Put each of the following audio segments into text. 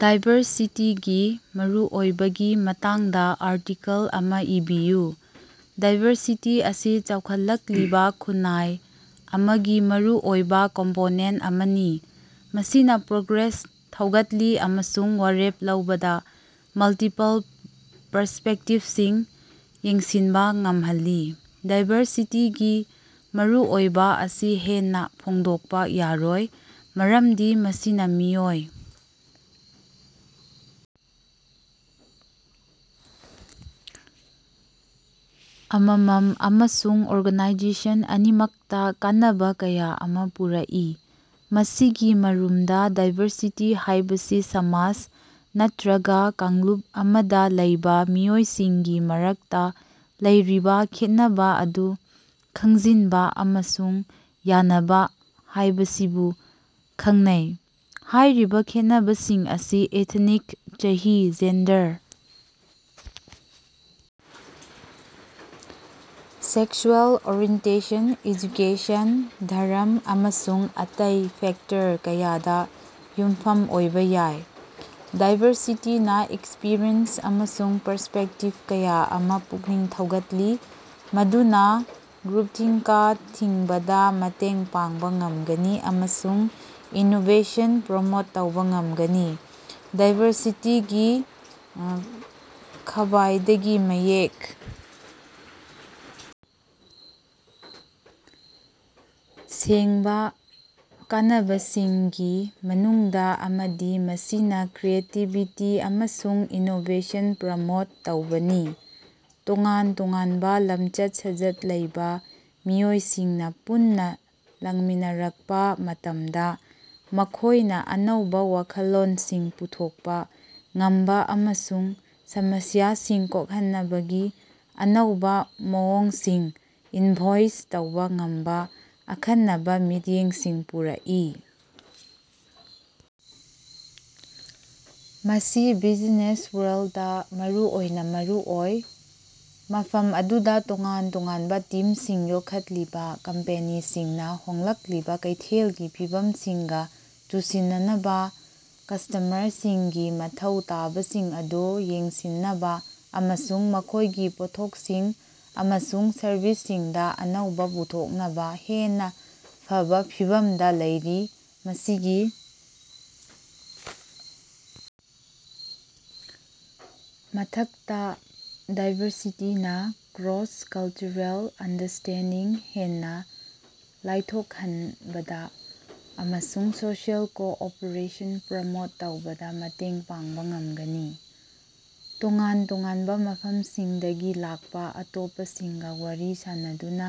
ꯗꯥꯏꯕꯔꯁꯤꯇꯤꯒꯤ ꯃꯔꯨꯑꯣꯏꯕꯒꯤ ꯃꯇꯥꯡꯗ ꯑꯥꯔꯇꯤꯀꯜ ꯑꯃꯥ ꯏꯕꯤꯌꯨ꯫ ꯗꯥꯏꯕꯔꯁꯤꯇꯤ ꯑꯁꯤ ꯆꯥꯎꯈꯠꯂꯛꯂꯤꯕ ꯈꯨꯟꯅꯥꯏ ꯑꯃꯒꯤ ꯃꯔꯨꯑꯣꯏꯕ ꯀꯝꯄꯣꯅꯦꯟꯇ ꯑꯃꯅꯤ, ꯃꯁꯤꯅꯥ ꯄ꯭ꯔꯣꯒ꯭ꯔꯦꯁ ꯊꯧꯒꯠꯂꯤ ꯑꯃꯁꯨꯡ ꯋꯥꯔꯦꯞ ꯂꯧꯕꯗ ꯃꯜꯇꯤꯄꯜ ꯄꯔꯁ꯭ꯄꯦꯛꯇꯤꯕꯁꯤꯡ ꯌꯦꯡꯁꯤꯟꯕ ꯉꯝꯍꯜꯂꯤ꯫ ꯗꯥꯏꯕꯔꯁꯤꯇꯤꯒꯤ ꯃꯔꯨꯑꯣꯏꯕ ꯑꯁꯤ ꯍꯦꯟꯅ ꯐꯣꯡꯗꯣꯛꯄ ꯌꯥꯔꯣꯏ, ꯃꯔꯝꯗꯤ ꯃꯁꯤꯅ ꯃꯤꯑꯣꯏ ꯑꯃꯃꯝ ꯑꯃꯁꯨꯡ ꯑꯣꯔꯒꯅꯥꯏꯖꯦꯁꯟ ꯑꯅꯤꯃꯛꯇ ꯀꯥꯟꯅꯕ ꯀꯌ ꯑꯃ ꯄꯨꯔꯛꯏ꯫ ꯃꯁꯤꯒꯤ ꯃꯔꯨꯝꯗ, ꯗꯥꯏꯕꯔꯁꯤꯇꯤ ꯍꯥꯏꯕꯁꯤ ꯁꯃꯥꯖ ꯅꯠꯇꯔꯒ ꯀꯥꯡꯂꯨꯞ ꯑꯃꯗ ꯂꯩꯕ ꯃꯤꯑꯣꯏꯁꯤꯡꯒꯤ ꯃꯔꯛꯇ ꯂꯩꯔꯤꯕ ꯈꯦꯠꯅꯕ ꯑꯗꯨ ꯈꯪꯖꯤꯟꯕ ꯑꯃꯁꯨꯡ ꯌꯥꯅꯕ ꯍꯥꯏꯕꯁꯤꯕꯨ ꯈꯪꯅꯩ꯫ ꯍꯥꯏꯔꯤꯕ ꯈꯦꯠꯅꯕꯁꯤꯡ ꯑꯁꯤ ꯏꯊꯅꯤꯛ, ꯆꯍꯤ, ꯖꯦꯟꯗꯔ, ꯁꯦꯛꯁꯨꯑꯦꯜ ꯑꯣꯔꯤꯑꯦꯟꯇꯦꯁꯟ, ꯑꯦꯖꯨꯀꯦꯁꯟ, ꯙꯔꯝ ꯑꯃꯁꯨꯡ ꯑꯇꯩ ꯐꯦꯛꯇꯔ ꯀꯌꯥꯗ ꯌꯨꯝꯐꯝ ꯑꯣꯏꯕ ꯌꯥꯏ꯫ ꯗꯥꯏꯕꯔꯁꯤꯇꯤꯅ ꯑꯦꯛꯁꯄꯔꯤꯌꯦꯟꯁ ꯑꯃꯁꯨꯡ ꯄꯔꯁ꯭ꯄꯦꯛꯇꯤꯕ ꯀꯌꯥ ꯑꯃ ꯄꯨꯛꯅꯤꯡ ꯊꯧꯒꯠꯂꯤ, ꯃꯗꯨꯅ ꯒ꯭ꯔꯨꯄꯊꯤꯡꯀ ꯊꯤꯡꯕꯗ ꯃꯇꯦꯡ ꯄꯥꯡꯕ ꯉꯝꯒꯅꯤ ꯑꯃꯁꯨꯡ ꯏꯅꯣꯕꯦꯁꯟ ꯄ꯭ꯔꯃꯣꯠ ꯇꯧꯕ ꯉꯝꯒꯅꯤ꯫ ꯗꯥꯏꯕꯔꯁꯤꯇꯤꯒꯤ ꯈ꯭ꯕꯥꯏꯗꯒꯤ ꯃꯌꯦꯛ ꯁꯦꯡꯕ ꯀꯥꯟꯅꯕꯁꯤꯡꯒꯤ ꯃꯅꯨꯡꯗ ꯑꯃꯗꯤ ꯃꯁꯤꯅ ꯀ꯭ꯔꯤꯌꯦꯇꯤꯕꯤꯇꯤ ꯑꯃꯁꯨꯡ ꯏꯅꯣꯕꯦꯁꯟ ꯄ꯭ꯔꯃꯣꯠ ꯇꯧꯕꯅꯤ꯫ ꯇꯣꯉꯥꯟ-ꯇꯣꯉꯥꯟꯕ ꯂꯝꯆꯠ-ꯁꯥꯖꯠ ꯂꯩꯕ ꯃꯤꯑꯣꯏꯁꯤꯡꯅ ꯄꯨꯟꯅ ꯂꯥꯛꯃꯤꯟꯅꯔꯛꯄ ꯃꯇꯝꯗ ꯃꯈꯣꯏꯅ ꯑꯅꯧꯕ ꯋꯥꯈꯜꯂꯣꯟꯁꯤꯡ ꯄꯨꯊꯣꯛꯄ ꯉꯝꯕ ꯑꯃꯁꯨꯡ ꯁꯃꯁ꯭ꯌꯥꯁꯤꯡ ꯀꯣꯛꯍꯟꯅꯕꯒꯤ ꯑꯅꯧꯕ ꯃꯑꯣꯡꯁꯤꯡ ꯏꯟꯚꯣꯏꯁ ꯇꯧꯕ ꯉꯝꯕ ꯑꯈꯟꯅꯕ ꯃꯤꯠꯌꯦꯡꯁꯤꯡ ꯄꯨꯔꯛꯏ꯫ ꯃꯁꯤ ꯕꯤꯖꯤꯅꯦꯁ ꯋꯥꯔꯜꯗꯇꯥ ꯃꯔꯨꯑꯣꯏꯅ ꯃꯔꯨꯑꯣꯏ, ꯃꯐꯝ ꯑꯗꯨꯗ ꯇꯣꯉꯥꯟ ꯇꯣꯉꯥꯟꯕ ꯇꯤꯝꯁꯤꯡ ꯌꯣꯛꯈꯠꯂꯤꯕꯥ ꯀꯝꯄꯦꯅꯤꯁꯤꯡꯅ ꯍꯣꯡꯂꯛꯂꯤꯕ ꯀꯩꯊꯦꯜꯒꯤ ꯐꯤꯚꯝꯁꯤꯡꯒ ꯆꯨꯁꯤꯟꯅꯅꯕ, ꯀꯁ꯭ꯇꯃꯔꯁꯤꯡꯒꯤ ꯃꯊꯧ ꯇꯥꯕꯁꯤꯡ ꯑꯗꯨ ꯌꯦꯡꯁꯤꯟꯅꯕ ꯑꯃꯁꯨꯡ ꯃꯈꯣꯏꯒꯤ ꯄꯣꯠꯊꯣꯛꯁꯤꯡ ꯑꯃꯁꯨꯡ ꯁꯔꯕꯤꯁꯁꯤꯡꯗꯥ ꯑꯅꯧꯕ ꯄꯨꯊꯣꯛꯅꯕ ꯍꯦꯟꯅ ꯐꯕ ꯐꯤꯚꯝꯗ ꯂꯩꯔꯤ꯫ ꯃꯁꯤꯒꯤ ꯃꯊꯛꯇ, ꯗꯥꯏꯕꯔꯁꯤꯇꯤꯅ ꯀ꯭ꯔꯣꯁ-ꯀꯜꯆꯔꯦꯜ ꯑꯟꯗꯔꯁ꯭ꯇꯦꯟꯗꯤꯡ ꯍꯦꯟꯅ ꯂꯥꯏꯊꯣꯛꯍꯟꯕꯗ ꯑꯃꯁꯨꯡ ꯁꯣꯁꯤꯑꯦꯜ ꯀꯣꯑꯣꯄꯔꯦꯁꯟ ꯄ꯭ꯔꯃꯣꯠ ꯇꯧꯕꯗ ꯃꯇꯦꯡ ꯄꯥꯡꯕ ꯉꯝꯒꯅꯤ꯫ ꯇꯣꯉꯥꯟ-ꯇꯣꯉꯥꯟꯕ ꯃꯐꯝꯁꯤꯡꯗꯒꯤ ꯂꯥꯛꯄꯥ ꯑꯇꯣꯞꯄꯁꯤꯡꯒ ꯋꯥꯔꯤ ꯁꯥꯅꯗꯨꯅ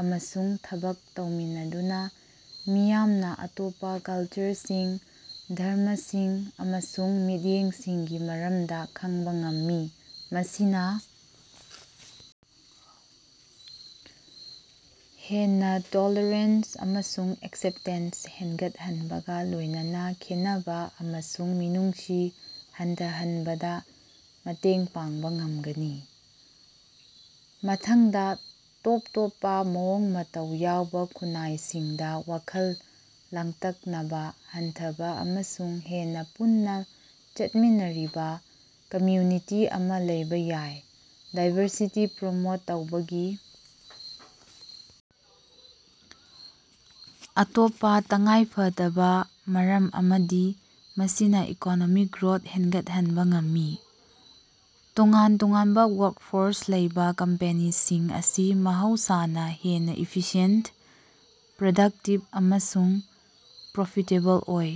ꯑꯃꯁꯨꯡ ꯊꯕꯛ ꯇꯧꯃꯤꯟꯅꯗꯨꯅ ꯃꯤꯌꯥꯝꯅ ꯑꯇꯣꯞꯄ ꯀꯜꯆꯔꯁꯤꯡ, ꯙꯔꯝꯃꯁꯤꯡ ꯑꯃꯁꯨꯡ ꯃꯤꯠꯌꯦꯡꯁꯤꯡꯒꯤ ꯃꯔꯝꯗ ꯈꯪꯕ ꯉꯝꯃꯤ꯫ ꯃꯁꯤꯅ ꯍꯦꯟꯅ ꯇꯣꯜꯔꯦꯟꯁ ꯑꯃꯁꯨꯡ ꯑꯦꯛꯁꯦꯞꯇꯦꯟꯁ ꯍꯦꯟꯒꯠꯍꯟꯕꯒ ꯂꯣꯏꯅꯅ ꯈꯦꯟꯅꯕ ꯑꯃꯁꯨꯡ ꯃꯤꯅꯨꯡꯁꯤ ꯍꯟꯊꯍꯟꯕꯗ ꯃꯇꯦꯡ ꯄꯥꯡꯕ ꯉꯝꯒꯅꯤ꯫ ꯃꯊꯪꯗ, ꯇꯣꯞ ꯇꯣꯞꯄ ꯃꯑꯣꯡ-ꯃꯇꯧ ꯌꯥꯎꯕ ꯈꯨꯟꯅꯥꯏꯁꯤꯡꯗ ꯋꯥꯈꯜ ꯂꯥꯡꯇꯛꯅꯕ ꯍꯟꯊꯕ ꯑꯃꯁꯨꯡ ꯍꯦꯟꯅ ꯄꯨꯟꯅ ꯆꯠꯃꯤꯟꯅꯔꯤꯕ ꯀꯝꯌꯨꯅꯤꯇꯤ ꯑꯃ ꯂꯩꯕꯥ ꯌꯥꯏ꯫ ꯗꯥꯏꯕꯔꯁꯤꯇꯤ ꯄ꯭ꯔꯃꯣꯠ ꯇꯧꯕꯒꯤ ꯑꯇꯣꯞꯄꯥ ꯇꯉꯥꯏꯐꯗꯕ ꯃꯔꯝ ꯑꯃꯗꯤ ꯃꯁꯤꯅ ꯏꯀꯣꯅꯣꯃꯤꯛ ꯒ꯭ꯔꯣꯊ ꯍꯦꯡꯒꯠꯍꯟꯕ ꯉꯝꯃꯤ꯫ ꯇꯣꯉꯥꯟ ꯇꯣꯉꯥꯟꯕ ꯋꯥꯔꯛꯐꯣꯔꯁ ꯂꯩꯕ ꯀꯝꯄꯦꯅꯤꯁꯤꯡ ꯑꯁꯤ ꯃꯍꯧꯁꯥꯅ ꯍꯦꯟꯅ ꯏꯐꯤꯁꯤꯌꯦꯟꯇ, ꯄ꯭ꯔꯗꯛꯇꯤꯕ ꯑꯃꯁꯨꯡ ꯄ꯭ꯔꯣꯐꯤꯇꯦꯕꯜ ꯑꯣꯏ꯫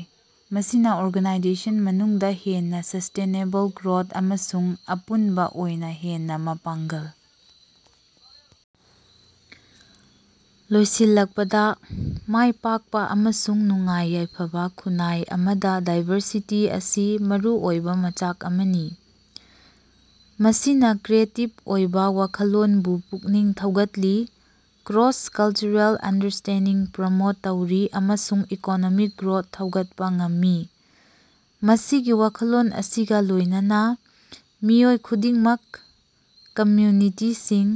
ꯃꯁꯤꯅ ꯑꯣꯔꯒꯅꯥꯏꯖꯦꯁꯟꯒꯤ ꯃꯅꯨꯡꯗ ꯍꯦꯟꯅꯥ ꯁꯁ꯭ꯇꯦꯅꯦꯕꯜ ꯒ꯭ꯔꯣꯊ ꯑꯃꯁꯨꯡ ꯑꯄꯨꯟꯕ ꯑꯣꯏꯅ ꯍꯦꯟꯅ ꯃꯄꯥꯡꯒꯜ ꯂꯣꯏꯁꯤꯜꯂꯛꯄꯗ, ꯃꯥꯏꯄꯥꯛꯄ ꯑꯃꯁꯨꯡ ꯅꯨꯡꯉꯥꯏ-ꯌꯥꯏꯐꯕ ꯈꯨꯟꯅꯥꯏ ꯑꯃꯗꯥ ꯗꯥꯏꯕꯔꯁꯤꯇꯤ ꯑꯁꯤ ꯃꯔꯨꯑꯣꯏꯕ ꯃꯆꯥꯛ ꯑꯃꯅꯤ꯫ ꯃꯁꯤꯅ ꯀ꯭ꯔꯤꯌꯦꯇꯤꯕ ꯑꯣꯏꯕ ꯋꯥꯈꯜꯂꯣꯟꯕꯨ ꯄꯨꯛꯅꯤꯡ ꯊꯧꯒꯠꯂꯤ, ꯀ꯭ꯔꯣꯁ-ꯀꯜꯆꯔꯦꯜ ꯑꯟꯗꯔꯁ꯭ꯇꯦꯟꯗꯤꯡ ꯄ꯭ꯔꯃꯣꯠ ꯇꯧꯔꯤ ꯑꯃꯁꯨꯡ ꯏꯀꯣꯅꯣꯃꯤꯛ ꯒ꯭ꯔꯣꯊ ꯊꯧꯒꯠꯄ ꯉꯝꯃꯤ꯫ ꯃꯁꯤꯒꯤ ꯋꯥꯈꯜꯂꯣꯟ ꯑꯁꯤꯒ ꯂꯣꯏꯅꯅ, ꯃꯤꯑꯣꯏ ꯈꯨꯗꯤꯡꯃꯛ, ꯀꯝꯌꯨꯅꯤꯇꯤꯁꯤꯡ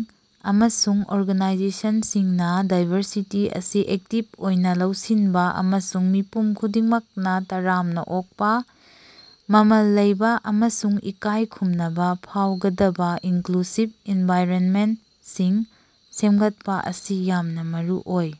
ꯑꯃꯁꯨꯡ ꯑꯣꯔꯒꯥꯅꯥꯏꯖꯦꯁꯟꯁꯤꯡꯅ ꯗꯥꯏꯕꯔꯁꯤꯇꯤ ꯑꯁꯤ ꯑꯦꯛꯇꯤꯕ ꯑꯣꯏꯅ ꯂꯧꯁꯤꯟꯕ ꯑꯃꯁꯨꯡ ꯃꯤꯄꯨꯝ ꯈꯨꯗꯤꯡꯃꯛꯅ ꯇꯔꯥꯝꯅ ꯑꯣꯛꯄꯥ, ꯃꯃꯜ ꯂꯩꯕꯥ ꯑꯃꯁꯨꯡ ꯏꯀꯥꯏ ꯈꯨꯝꯅꯕ ꯐꯥꯎꯒꯗꯕ ꯏꯟꯀ꯭ꯂꯨꯁꯤꯕ ꯑꯦꯟꯚꯥꯏꯔꯅꯃꯦꯟꯇꯁꯤꯡ ꯁꯦꯝꯒꯠꯄꯥ ꯑꯁꯤ ꯌꯥꯝꯅ ꯃꯔꯨꯑꯣꯏ꯫।